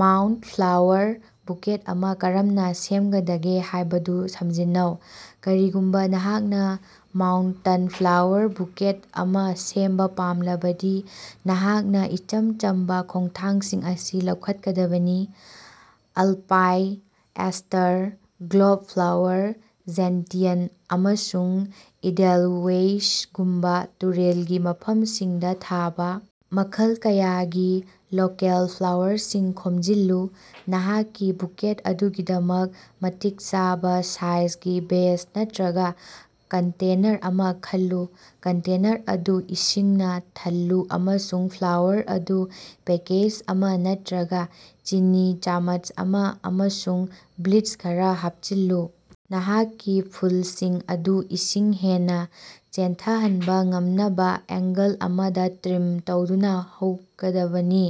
Mount flower bucket ꯑꯃ ꯀꯔꯝꯅ ꯁꯦꯝꯒꯗꯒꯦ ꯍꯥꯏꯕꯗꯨ ꯁꯝꯖꯤꯟꯅꯧ꯫ ꯀꯔꯤꯒꯨꯝꯕ ꯅꯍꯥꯛꯅ ꯃꯥꯎꯟꯇꯟ ꯐ꯭ꯂꯥꯋꯔ ꯕꯨꯀꯦꯠ ꯑꯃ ꯁꯦꯝꯕ ꯄꯥꯝꯂꯕꯗꯤ, ꯅꯍꯥꯛꯅ ꯏꯆꯝ ꯆꯝꯕ ꯈꯣꯡꯊꯥꯡꯁꯤꯡ ꯑꯁꯤ ꯂꯧꯈꯠꯀꯗꯕꯅꯤ: alpine aster, globe flower, gentian, ꯑꯃꯁꯨꯡ ꯏꯗꯦꯜꯋꯦꯏꯁꯒꯨꯝꯕ ꯇꯨꯔꯦꯜ ꯒꯤ ꯃꯐꯝꯁꯤꯡꯗ ꯊꯥꯕ ꯃꯈꯜ ꯀꯌꯥꯒꯤ ꯂꯣꯀꯦꯜ ꯐ꯭ꯂꯥꯋꯔꯁꯤꯡ ꯈꯣꯝꯖꯤꯜꯂꯨ꯫ ꯅꯍꯥꯛꯀꯤ ꯕꯨꯀꯦꯠ ꯑꯗꯨꯒꯤꯗꯃꯛ ꯃꯇꯤꯛ ꯆꯥꯕ ꯁꯥꯏꯖꯒꯤ ꯚꯦꯖ ꯅꯠꯇ꯭ꯔꯒ ꯀꯟꯇꯦꯅꯔ ꯑꯃ ꯈꯜꯂꯨ꯫ ꯀꯟꯇꯦꯅꯔ ꯑꯗꯨ ꯏꯁꯤꯡꯅ ꯊꯜꯂꯨ ꯑꯃꯁꯨꯡ ꯐ꯭ꯂꯥꯋꯔ ꯐꯨꯗ ꯄꯦꯀꯦꯖ ꯑꯃ ꯅꯠꯇ꯭ꯔꯒ ꯆꯤꯅꯤ ꯆꯥꯃꯆ ꯑꯃ ꯑꯃꯁꯨꯡ ꯕ꯭ꯂꯤꯆ ꯈꯔ ꯍꯥꯞꯆꯤꯜꯂꯨ꯫ ꯅꯍꯥꯛꯀꯤ ꯐꯨꯜꯁꯤꯡ ꯑꯗꯨ ꯏꯁꯤꯡ ꯍꯦꯟꯅ ꯆꯦꯟꯊꯍꯟꯕ ꯉꯝꯅꯕ ꯑꯦꯡꯒꯜ ꯑꯃꯗ ꯇ꯭ꯔꯤꯝ ꯇꯧꯗꯨꯅ ꯍꯧꯒꯗꯕꯅꯤ꯫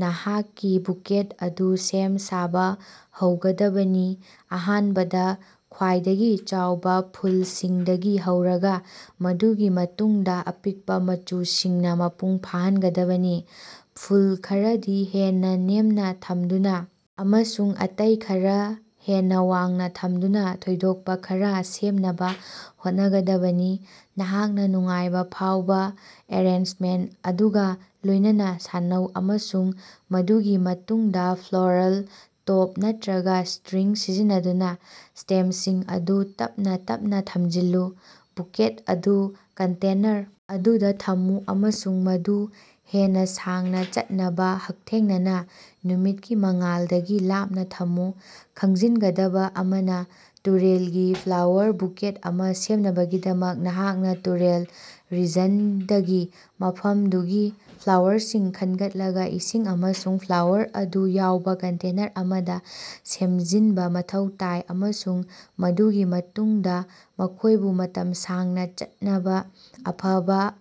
ꯅꯍꯥꯛꯀꯤ ꯕꯨꯀꯦꯠ ꯑꯗꯨ ꯁꯦꯝ-ꯁꯥꯕ ꯍꯧꯒꯗꯕꯅꯤ, ꯑꯍꯥꯟꯕꯗ ꯈ꯭ꯋꯥꯏꯗꯒꯤ ꯆꯥꯎꯕ ꯐꯨꯜꯁꯤꯡꯗꯒꯤ ꯍꯧꯔꯒ, ꯃꯗꯨꯒꯤ ꯃꯇꯨꯡꯗ ꯑꯄꯤꯛꯄ ꯃꯆꯨꯁꯤꯡꯅ ꯃꯄꯨꯡ ꯐꯥꯍꯟꯒꯗꯕꯅꯤ꯫ ꯐꯨꯜ ꯈꯔꯗꯤ ꯍꯦꯟꯅ ꯅꯦꯝꯅ ꯊꯝꯗꯨꯅ ꯑꯃꯁꯨꯡ ꯑꯇꯩ ꯈꯔ ꯍꯦꯟꯅ ꯋꯥꯡꯅ ꯊꯝꯗꯨꯅ ꯊꯣꯏꯗꯣꯛꯄ ꯈꯔ ꯁꯦꯝꯅꯕ ꯍꯣꯠꯅꯒꯗꯕꯅꯤ꯫ ꯅꯍꯥꯛꯅ ꯅꯨꯡꯉꯥꯏꯕ ꯐꯥꯎꯕ ꯑꯦꯔꯦꯟꯖꯃꯦꯟꯠ ꯑꯗꯨꯒ ꯂꯣꯏꯅꯅ ꯁꯥꯟꯅꯧ, ꯑꯃꯁꯨꯡ ꯃꯗꯨꯒꯤ ꯃꯇꯨꯡꯗ ꯐ꯭ꯂꯣꯔꯜ ꯇꯦꯞ ꯅꯠꯇ꯭ꯔꯒ ꯁ꯭ꯇꯔꯤꯡ ꯁꯤꯖꯤꯟꯅꯗꯨꯅ ꯁ꯭ꯇꯦꯝꯁꯤꯡ ꯑꯗꯨ ꯇꯞꯅ ꯇꯞꯅ ꯊꯝꯖꯤꯜꯂꯨ꯫ ꯕꯨꯀꯦꯠ ꯑꯗꯨ ꯀꯟꯇꯦꯅꯔ ꯑꯗꯨꯗ ꯊꯝꯃꯨ ꯑꯃꯁꯨꯡ ꯃꯗꯨ ꯍꯦꯟꯅ ꯁꯥꯡꯅ ꯆꯠꯅꯕ ꯍꯛꯊꯦꯡꯅꯅ ꯅꯨꯃꯤꯠꯀꯤ ꯃꯉꯥꯜꯗꯒꯤ ꯂꯥꯞꯅ ꯊꯝꯃꯨ꯫ ꯈꯪꯖꯤꯟꯒꯗꯕ꫰ꯑꯃꯅ, ꯇꯨꯔꯦꯜꯒꯤ ꯐ꯭ꯂꯥꯋꯔ ꯕꯨꯀꯦꯠ ꯑꯃ ꯁꯦꯝꯅꯕꯒꯤꯗꯃꯛ, ꯅꯍꯥꯛꯅ ꯇꯨꯔꯦꯜ ꯔꯤꯖꯟꯗꯒꯤ ꯃꯐꯝꯗꯨꯒꯤ ꯐ꯭ꯂꯥꯋꯔꯁꯤꯡ ꯈꯟꯒꯠꯂꯒ ꯏꯁꯤꯡ ꯑꯃꯁꯨꯡ ꯐ꯭ꯂꯥꯋꯔ ꯐꯨꯗ ꯌꯥꯎꯕ ꯀꯟꯇꯦꯅꯔ ꯑꯃꯗ ꯁꯦꯝꯖꯤꯟꯕ ꯃꯊꯧ ꯇꯥꯏ, ꯑꯃꯁꯨꯡ ꯃꯗꯨꯒꯤ ꯃꯇꯨꯡꯗ ꯃꯈꯣꯏꯕꯨ ꯃꯇꯝ ꯁꯥꯡꯅ ꯆꯠꯅꯕ ꯑꯐꯕ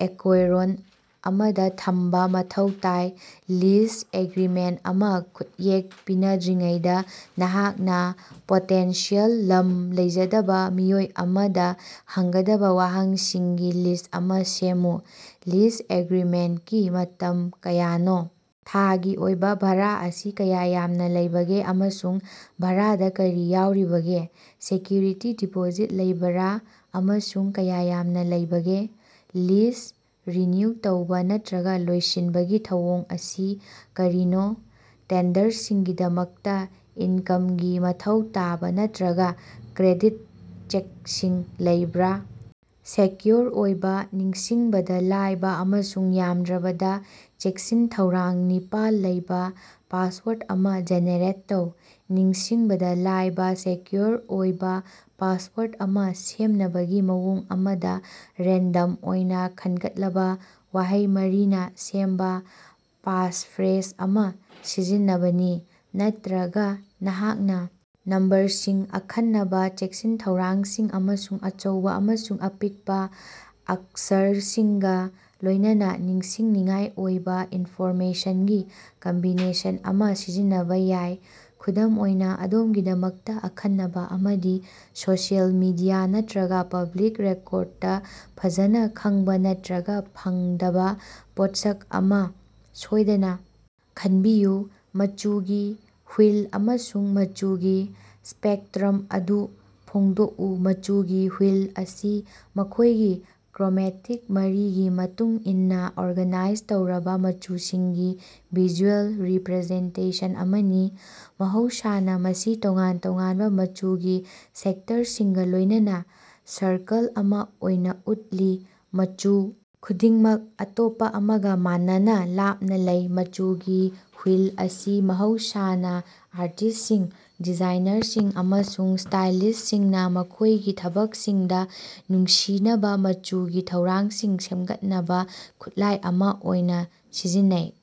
ꯑꯀꯣꯏꯔꯣꯟ ꯑꯃꯗ ꯊꯝꯕ ꯃꯊꯧ ꯇꯥꯏ꯫ ꯂꯤꯖ ꯑꯦꯒ꯭ꯔꯤꯃꯦꯟꯠ ꯑꯃ ꯈꯨꯠꯌꯦꯛ ꯄꯤꯅꯗ꯭ꯔꯤꯉꯩꯗ ꯅꯍꯥꯛꯅ ꯄꯣꯇꯦꯟꯁꯤꯑꯦꯜ ꯂꯝ ꯂꯩꯖꯗꯕ ꯃꯤꯑꯣꯏ ꯑꯃꯗ ꯍꯪꯒꯗꯕ ꯋꯥꯍꯪꯁꯤꯡꯒꯤ ꯂꯤꯁ꯭ꯠ ꯑꯃ ꯁꯦꯝꯃꯨ꯫ ꯂꯤꯖ ꯑꯦꯒ꯭ꯔꯤꯃꯦꯟꯠꯀꯤ ꯃꯇꯝ ꯀꯌꯥꯅꯣ? ꯊꯥꯒꯤ ꯑꯣꯏꯕ ꯚꯥꯔꯥ ꯑꯁꯤ ꯀꯌꯥ ꯌꯥꯝꯅ ꯂꯩꯕꯒꯦ ꯑꯃꯁꯨꯡ ꯚꯥꯔꯥꯗ ꯀꯔꯤ ꯌꯥꯎꯔꯤꯕꯒꯦ? ꯁꯦꯀ꯭ꯌꯨꯔꯤꯇꯤ ꯗꯤꯄꯣꯖꯤꯠ ꯂꯩꯕꯔꯥ ꯑꯃꯁꯨꯡ ꯀꯌꯥ ꯌꯥꯝꯅ ꯂꯩꯕꯒꯦ? ꯂꯤꯖ ꯔꯤꯅ꯭ꯌꯨ ꯇꯧꯕ ꯅꯠꯇ꯭ꯔꯒ ꯂꯣꯏꯁꯤꯟꯕꯒꯤ ꯊꯧꯑꯣꯡ ꯑꯁꯤ ꯀꯔꯤꯅꯣ? ꯇꯦꯟꯗꯔꯁꯤꯡꯒꯤꯗꯃꯛꯇ ꯏꯟꯀꯝꯒꯤ ꯃꯊꯧ ꯇꯥꯕ ꯅꯠꯇ꯭ꯔꯒ ꯀ꯭ꯔꯦꯗꯤꯠ ꯆꯦꯛꯁꯤꯡ ꯂꯩꯕꯔꯥ? ꯁꯦꯀ꯭ꯌꯨꯑꯣꯔ ꯑꯣꯏꯕ, ꯅꯤꯡꯁꯤꯡꯕꯗ ꯂꯥꯏꯕ ꯑꯃꯁꯨꯡ ꯌꯥꯝꯗ꯭ꯔꯕꯗ ꯆꯦꯛꯁꯤꯟ-ꯊꯧꯔꯥꯡ ꯅꯤꯄꯥꯜ ꯂꯩꯕ ꯄꯥꯁꯋꯔꯗ ꯑꯃ ꯖꯦꯅꯦꯔꯦꯠ ꯇꯧ꯫ ꯅꯤꯡꯁꯤꯡꯕꯗ ꯂꯥꯏꯕ ꯁꯦꯀ꯭ꯌꯨꯑꯣꯔ ꯑꯣꯏꯕ ꯄꯥꯁꯋꯔꯗ ꯑꯃ ꯁꯦꯝꯅꯕꯒꯤ ꯃꯑꯣꯡ ꯑꯃꯗꯤ ꯔꯦꯟꯗꯝ ꯑꯣꯏꯅ ꯈꯟꯒꯠꯂꯕ ꯋꯥꯍꯩ ꯃꯔꯤꯅ ꯁꯦꯝꯕ ꯄꯥꯁꯐ꯭ꯔꯦꯖ ꯑꯃ ꯁꯤꯖꯤꯟꯅꯕꯅꯤ꯫ ꯅꯠꯇ꯭ꯔꯒ, ꯅꯍꯥꯛꯅ ꯅꯝꯕꯔꯁꯤꯡ, ꯑꯈꯟꯅꯕ ꯆꯦꯛꯁꯤꯟ-ꯊꯧꯔꯥꯡꯁꯤꯡ, ꯑꯃꯁꯨꯡ ꯑꯆꯧꯕ ꯑꯃꯁꯨꯡ ꯑꯄꯤꯛꯄ ꯑꯛꯁꯔꯁꯤꯡꯒ ꯂꯣꯏꯅꯅ ꯅꯤꯡꯁꯤꯡꯅꯤꯡꯉꯥꯏ ꯑꯣꯏꯕ ꯏꯟꯐꯣꯔꯃꯦꯁꯟꯒꯤ ꯀꯝꯕꯤꯅꯦꯁꯟ ꯑꯃ ꯁꯤꯖꯤꯟꯅꯕ ꯌꯥꯏ꯫ ꯈꯨꯗꯝ ꯑꯣꯏꯅ, ꯑꯗꯣꯝꯒꯤꯗꯃꯛꯇ ꯑꯈꯟꯅꯕ ꯑꯃꯗꯤ ꯁꯣꯁꯤꯌꯦꯜ ꯃꯤꯗꯤꯌꯥ ꯅꯠꯇ꯭ꯔꯒ ꯄꯕ꯭ꯂꯤꯛ ꯔꯦꯀꯣꯔꯗꯇ ꯐꯖꯅ ꯈꯪꯕ ꯅꯠꯇ꯭ꯔꯒ ꯐꯪꯗꯕ ꯄꯣꯠꯁꯛ ꯑꯃ ꯁꯣꯏꯗꯅ ꯈꯟꯕꯤꯌꯨ꯫ ꯃꯆꯨꯒꯤ ꯍꯨꯏꯜ ꯑꯃꯁꯨꯡ ꯃꯆꯨꯒꯤ ꯁ꯭ꯄꯦꯛꯇ꯭ꯔꯝ ꯑꯗꯨ ꯐꯣꯡꯗꯣꯛꯎ꯫ ꯃꯆꯨꯒꯤ ꯍꯨꯏꯜ ꯑꯁꯤ ꯃꯈꯣꯏꯒꯤ ꯀ꯭ꯔꯣꯃꯦꯇꯤꯛ ꯃꯔꯤꯒꯤ ꯃꯇꯨꯡ ꯏꯟꯅ ꯑꯣꯔꯒꯅꯥꯏꯖ ꯇꯧꯔꯕ ꯃꯆꯨꯁꯤꯡꯒꯤ ꯚꯤꯖꯨꯑꯦꯜ ꯔꯤꯄ꯭ꯔꯖꯦꯟꯇꯦꯁꯟ ꯑꯃꯅꯤ꯫ ꯃꯍꯧꯁꯥꯅ ꯃꯁꯤ ꯇꯣꯉꯥꯟ-ꯇꯣꯉꯥꯟꯕ ꯃꯆꯨꯒꯤ ꯁꯦꯛꯇꯔꯁꯤꯡꯒ ꯂꯣꯏꯅꯅ ꯁꯔꯀꯜ ꯑꯃ ꯑꯣꯏꯅ ꯎꯠꯂꯤ, ꯃꯆꯨ ꯈꯨꯗꯤꯡꯃꯛ ꯑꯇꯣꯞꯄ ꯑꯃꯒ ꯃꯥꯟꯅꯅ ꯂꯥꯞꯅ ꯂꯩ꯫ ꯃꯆꯨꯒꯤ ꯍꯨꯏꯜ ꯑꯁꯤ ꯃꯍꯧꯁꯥꯅ ꯑꯥꯔꯇꯤꯁꯁꯤꯡ, ꯗꯤꯖꯥꯏꯅꯔꯁꯤꯡ ꯑꯃꯁꯨꯡ ꯁ꯭ꯇꯥꯏꯂꯤꯁꯁꯤꯡꯅ ꯃꯈꯣꯏꯒꯤ ꯊꯕꯛꯁꯤꯡꯗ ꯅꯨꯡꯁꯤꯅꯕ ꯃꯆꯨꯒꯤ ꯊꯧꯔꯥꯡꯁꯤꯡ ꯁꯦꯝꯒꯠꯅꯕ ꯈꯨꯠꯂꯥꯏ ꯑꯃ ꯑꯣꯏꯅ ꯁꯤꯖꯤꯟꯅꯩ꯫